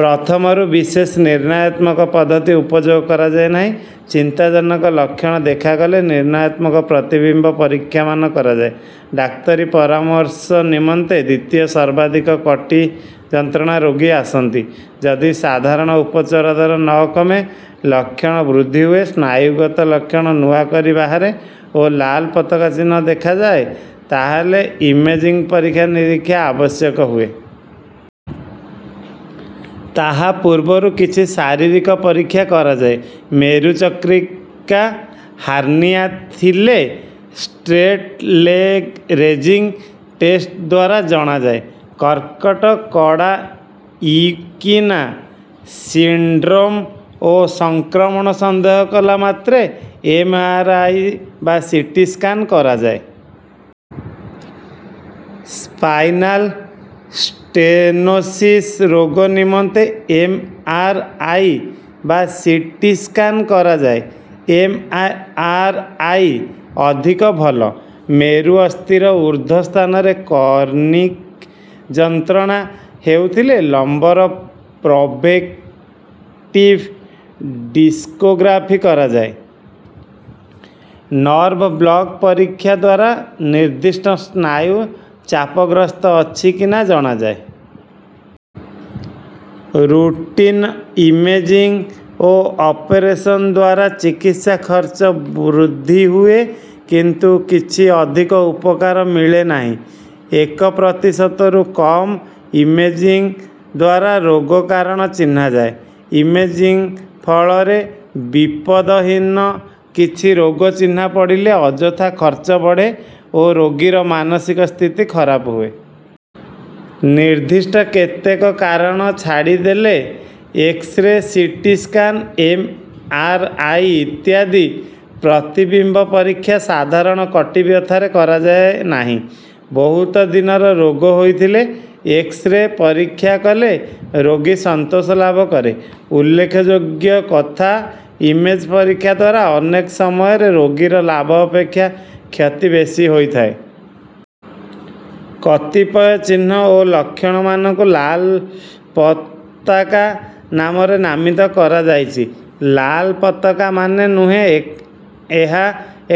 ପ୍ରଥମରୁ ବିଶେଷ ନିର୍ଣ୍ଣୟାତ୍ମକ ପଦ୍ଧତି ଉପଯୋଗ କରାଯାଏ ନାହିଁ। ଚିନ୍ତାଜନକ ଲକ୍ଷଣ ଦେଖାଗଲେ ନିର୍ଣ୍ଣୟାତ୍ମକ ପ୍ରତିବିମ୍ବ ପରୀକ୍ଷାମାନ କରାଯାଏ। ଡାକ୍ତରୀ ପରାମର୍ଶ ନିମନ୍ତେ ଦ୍ୱିତୀୟ ସର୍ବାଧିକ କଟି ଯନ୍ତ୍ରଣା ରୋଗୀ ଆସନ୍ତି। ଯଦି ସାଧାରଣ ଉପଚାର ଦ୍ୱାରା ନ କମେ ଲକ୍ଷଣ ବୃଦ୍ଧି ହୁଏ ସ୍ନାୟୁଗତ ଲକ୍ଷଣ ନୂଆ କରି ବାହାରେ ଓ ଲାଲ ପତାକା ଚିହ୍ନ ଦେଖାଯାଏ ତାହାହେଲେ ଇମେଜିଙ୍ଗ ପରୀକ୍ଷା ନିରୀକ୍ଷା ଆବଶ୍ୟକ ହୁଏ। ତାହା ପୂର୍ବରୁ କିଛି ଶାରୀରିକ ପରୀକ୍ଷା କରାଯାଏ। ମେରୁ ଚକ୍ରିକା ହାର୍ନିଆ ଥିଲେ ଷ୍ଟ୍ରେଟ ଲେଗ ରେଜିଙ୍ଗ ଟେଷ୍ଟ ଦ୍ୱାରା ଜଣାଯାଏ। କର୍କଟ କଡା ଇକିନା ସିଣ୍ଡ୍ରୋମ ଓ ସଂକ୍ରମଣ ସନ୍ଦେହ କଲା ମାତ୍ରେ ଏମ ଆର ଆଇ ବା ସି ଟି ସ୍କାନ କରାଯାଏ। ସ୍ପାଇନାଲ ଷ୍ଟେନୋସିସ ରୋଗ ନିମନ୍ତେ ଏମ ଆର ଆଇ ବା ସି ଟି ସ୍କାନ କରାଯାଏ ଏମ ଆର ଆଇ ଅଧିକ ଭଲ। ମେରୁ ଅସ୍ଥିର ଉର୍ଦ୍ଧ୍ୱ ସ୍ଥାନରେ କ୍ରନିକ ଯନ୍ତ୍ରଣା ହେଉଥିଲେ ଲମ୍ବର ପ୍ରୋଭୋକେଟିଭ ଡିସ୍କୋଗ୍ରାଫି କରାଯାଏ। ନର୍ଭ ବ୍ଲକ ପରୀକ୍ଷା ଦ୍ୱାରା ନିର୍ଦ୍ଦିଷ୍ଟ ସ୍ନାୟୁ ଚାପଗ୍ରସ୍ତ ଅଛି କି ନା ଜଣାଯାଏ। ରୁଟିନ ଇମେଜିଙ୍ଗ ଓ ଅପରେସନ ଦ୍ୱାରା ଚିକିତ୍ସା ଖର୍ଚ୍ଚ ବୃଦ୍ଧି ହୁଏ କିନ୍ତୁ କିଛି ଅଧିକ ଉପକାର ମିଳେ ନାହିଁ। ଏକ ପ୍ରତିଶତରୁ କମ ଇମେଜିଙ୍ଗ ଦ୍ୱାରା ରୋଗ କାରଣ ଚିହ୍ନାଯାଏ। ଇମେଜିଙ୍ଗ ଫଳରେ ବିପଦହୀନ କିଛି ରୋଗ ଚିହ୍ନା ପଡ଼ିଲେ ଅଯଥା ଖର୍ଚ୍ଚ ବଢ଼େ ଓ ରୋଗୀର ମାନସିକ ସ୍ଥିତି ଖରାପ ହୁଏ। ନିର୍ଦ୍ଦିଷ୍ଟ କେତେକ କାରଣକୁ ଛାଡ଼ିଦେଲେ x-ray CT scan M R I ଇତ୍ୟାଦି ପ୍ରତିବିମ୍ବ ପରୀକ୍ଷା ସାଧାରଣ କଟି ବ୍ୟଥାରେ କରାଯାଏ ନାହିଁ। ବହୁତ ଦିନର ରୋଗ ହୋଇଥିଲେ ଏକ୍ସରେ ପରୀକ୍ଷା କଲେ ରୋଗୀ ସନ୍ତୋଷ ଲାଭ କରେ। ଉଲ୍ଲେଖଯୋଗ୍ୟ କଥା ଇମେଜ ପରୀକ୍ଷା ଦ୍ୱାରା ଅନେକ ସମୟରେ ରୋଗୀର ଲାଭ ଅପେକ୍ଷା କ୍ଷତି ବେଶୀ ହୋଇଥାଏ। କତିପୟ ଚିହ୍ନ ଓ ଲକ୍ଷଣମାନଙ୍କୁ ଲାଲ ପତାକା ନାମରେ ନାମିତ କରାଯାଇଛି। ଲାଲ ପତାକା ମାନେ ନୁହେଁ ଏହା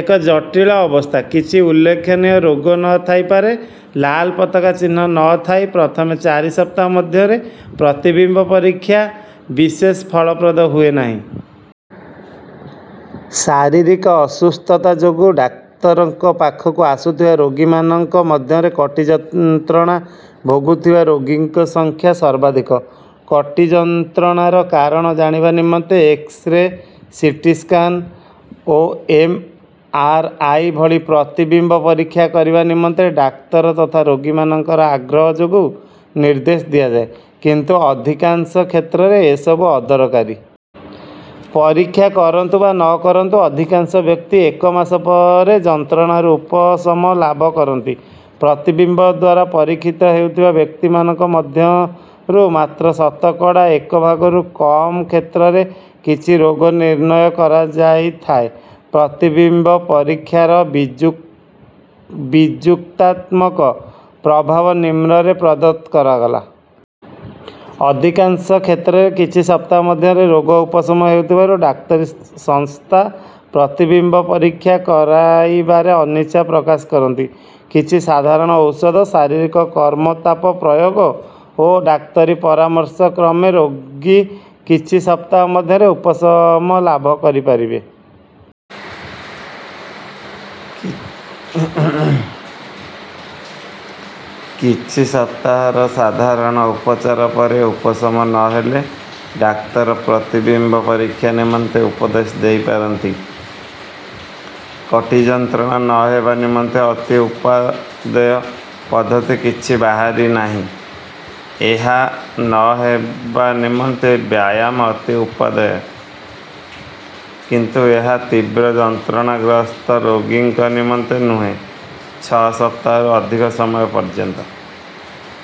ଏକ ଜଟିଳ ଅବସ୍ଥା। କିଛି ଉଲ୍ଲେଖନୀୟ ରୋଗ ନ ଥାଇପାରେ। ଲାଲ ପତାକା ଚିହ୍ନ ନ ଥାଇ ପ୍ରଥମ ଚାରି ସପ୍ତାହ ମଧ୍ୟରେ ପ୍ରତିବିମ୍ବ ପରୀକ୍ଷା ବିଶେଷ ଫଳପ୍ରଦ ହୁଏ ନାହିଁ। ଶାରୀରିକ ଅସୁସ୍ଥତା ଯୋଗୁଁ ଡାକ୍ତରଙ୍କ ପାଖକୁ ଆସୁଥିବା ରୋଗୀମାନଙ୍କ ମଧ୍ୟରେ କଟି ଯନ୍ତ୍ରଣା ଭୋଗୁଥିବା ରୋଗୀଙ୍କ ସଂଖ୍ୟା ସର୍ବାଧିକ। କଟି ଯନ୍ତ୍ରଣାର କାରଣ ଜାଣିବା ନିମନ୍ତେ ଏକ୍ସରେ ସିଟି ସ୍କାନ ଓ ଏମ ଆର ଆଇ ଭଳି ପ୍ରତିବିମ୍ବ ପରୀକ୍ଷା କରିବା ନିମନ୍ତେ ଡାକ୍ତର ତଥା ରୋଗୀମାନଙ୍କର ଆଗ୍ରହ ଯୋଗୁଁ ନିର୍ଦ୍ଦେଶ ଦିଆଯାଏ କିନ୍ତୁ ଅଧିକାଂଶ କ୍ଷେତ୍ରରେ ଏସବୁ ଅଦରକାରୀ। ପରୀକ୍ଷା କରନ୍ତୁ ବା ନ କରନ୍ତୁ ଅଧିକାଂଶ ବ୍ୟକ୍ତି ଏକ ମାସ ପରେ ଯନ୍ତ୍ରଣାରୁ ଉପଶମ ଲାଭ କରନ୍ତି। ପ୍ରତିବିମ୍ବ ଦ୍ୱାରା ପରୀକ୍ଷିତ ହେଉଥିବା ବ୍ୟକ୍ତିମାନଙ୍କ ମଧ୍ୟରୁ ମାତ୍ର ଶତକଡ଼ା ଏକ ଭାଗରୁ କମ କ୍ଷେତ୍ରରେ କିଛି ରୋଗ କରାଯାଇଥାଏ। ପ୍ରତିବିମ୍ବ ପରୀକ୍ଷାର ବିଯୁକ୍ତ ବିଯୁକ୍ତାତ୍ମକ ପ୍ରଭାବ ନିମ୍ନରେ ପ୍ରଦତ୍ତ କରାଗଲା। ଅଧିକାଂଶ କ୍ଷେତ୍ରରେ କିଛି ସପ୍ତାହ ମଧ୍ୟରେ ରୋଗ ଉପଶମ ହେଉଥିବାରୁ ଡାକ୍ତରୀ ସଂସ୍ଥା ପ୍ରତିବିମ୍ବ ପରୀକ୍ଷା କରାଇବାରେ ଅନିଚ୍ଛା ପ୍ରକାଶ କରନ୍ତି। କିଛି ସାଧାରଣ ଔଷଧ ଶାରୀରିକ କର୍ମ ତାପ ପ୍ରୟୋଗ ଓ ଡାକ୍ତର ପରାମର୍ଶକ୍ରମେ ରୋଗୀ କିଛି ସପ୍ତାହ ମଧ୍ୟରେ ଉପଶମ ଲାଭ କରିପାରିବେ। କିଛି ସପ୍ତାହର ସାଧାରଣ ଉପଚାର ପରେ ଉପଶମ ନ ହେଲେ ଡାକ୍ତର ପ୍ରତିବିମ୍ବ ପରୀକ୍ଷା ନିମନ୍ତେ ଉପଦେଶ ଦେଇପାରନ୍ତି। କଟି ଯନ୍ତ୍ରଣା ନ ହେବା ନିମନ୍ତେ ଅତି ଉପାଦେୟ ପଦ୍ଧତି କିଛି ବାହାରି ନାହିଁ। ଏହା ନ ହେବା ନିମନ୍ତେ ବ୍ୟାୟାମ ଅତି ଉପାଦେୟ କିନ୍ତୁ ଏହା ତୀବ୍ର ଯନ୍ତ୍ରଣାଗ୍ରସ୍ତ ରୋଗୀଙ୍କ ନିମନ୍ତେ ନୁହେଁ। ଛଅ ସପ୍ତାହରୁ ଅଧିକ ସମୟ ପର୍ଯ୍ୟନ୍ତ